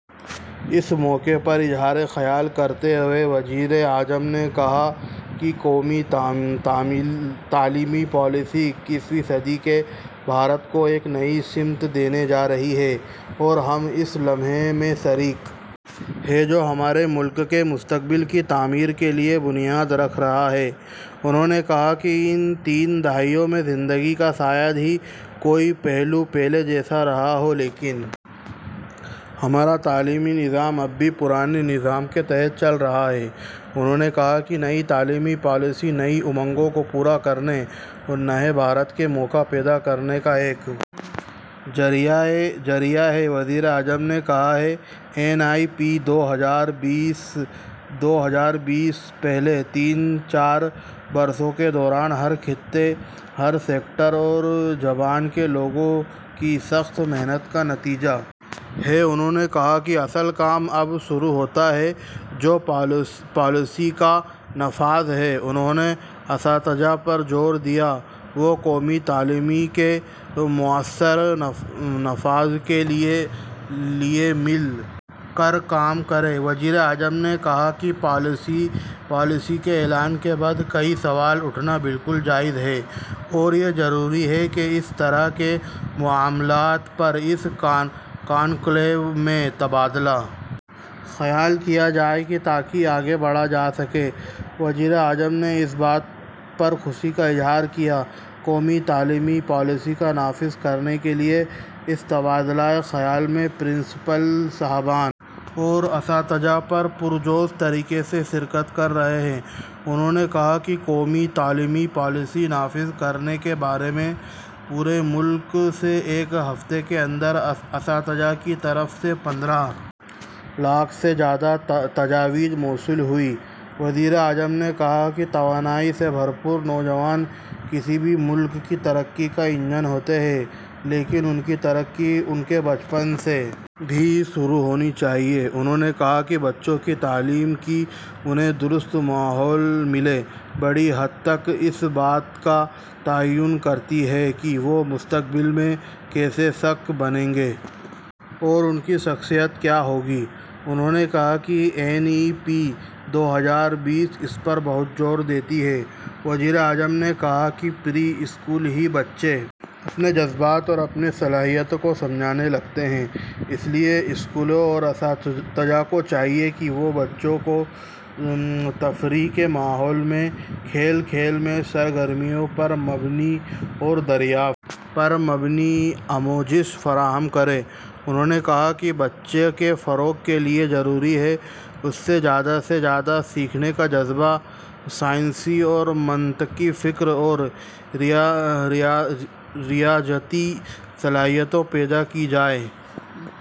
اس موقع پر اظہار خیال کرتے ہوئے وزیر اعظم نے کہا کہ قومی تعلیمی پالیسی اکیسویں صدی کے بھارت کو ایک نئی سمت دینے جا رہی ہے اور ہم اس لمحے میں شریک ہیں جو ہمارے ملک کے مستقبل کی تعمیر کے لیے بنیاد رکھ رہا ہے انہوں نے کہا کہ ان تین دہائیوں میں زندگی کا شاید ہی کوئی پہلو پہلے جیسا رہا ہو لیکن ہمارا تعلیمی نظام اب بھی پرانے نظام کے تحت چل رہا ہے انہوں نے کہا کہ نئی تعلیمی پالیسی نئی امنگوں کو پورا کرنے اور نئے بھارت کے مواقع پیدا کرنے کا ایک ذریعہ ہے وزیر اعظم نے کہا کہ این ای پی دو ہزار بیس پچھلے تین سے چار برسوں کے دوران ہر خطے ہر سیکٹر اور زبان کے لوگوں کی سخت محنت کا نتیجہ ہے انہوں نے کہا کہ اصل کام اب شروع ہوتا ہے جو پالیسی کا نفاذ ہے انہوں نے اساتذہ پر زور دیا کہ وہ قومی تعلیمی پالیسی کے مؤثر نفاذ کے لیے مل کر کام کریں وزیر اعظم نے کہا کہ پالیسی کے اعلان کے بعد کئی سوال اٹھنا بالکل جائز ہے اور یہ ضروری ہے کہ اس طرح کے معاملات پر اس کنکلیو میں تبادلہ خیال کیا جائے تاکہ آگے بڑھا جا سکے وزیر اعظم نے اس بات پر خوشی کا اظہار کیا کہ قومی تعلیمی پالیسی کو نافذ کرنے کے لیے اس تبادلہ خیال میں پرنسپل صاحبان اور اساتذہ پرجوش طریقے سے شرکت کر رہے ہیں انہوں نے کہا کہ قومی تعلیمی پالیسی نافذ کرنے کے بارے میں پورے ملک سے ایک ہفتے کے اندر اساتذہ کی طرف سے پندرہ لاکھ سے زیادہ تجاویز موصول ہوئی ہیں وزیر اعظم نے کہا کہ توانائی سے بھرپور نوجوان کسی بھی ملک کی ترقی کا انجن ہوتے ہیں لیکن ان کی ترقی ان کے بچپن سے ہی شروع ہونی چاہیے انہوں نے کہا کہ بچوں کی تعلیم کہ انہیں درست ماحول ملے بڑی حد تک اس بات کا تعین کرتی ہے کہ وہ مستقبل میں کیسے شخص بنیں گے اور ان کی شخصیت کیا ہو گی انہوں نے کہا کہ این ای پی دو ہزار بیس اس پر بہت زور دیتی ہے وزیر اعظم نے کہا کہ پری اسکول میں ہی بچے اپنے جذبات اور اپنی صلاحیت کو سمجھنے لگتے ہیں اس کے لیے اسکولوں اور اساتذہ کو چاہیے کہ وہ بچوں کو تفریح کے ماحول میں کھیل کھیل میں سرگرمیوں پر مبنی اور دریافت پر مبنی آموزش فراہم کریں انہوں نے کہا کہ بچے کے فروغ کے لیے ضروری ہے کہ اس میں زیادہ سے زیادہ سیکھنے کا جذبہ سائنسی اور منطقی فکر اور ریاضیاتی صلاحیتیں پیدا کی جائیں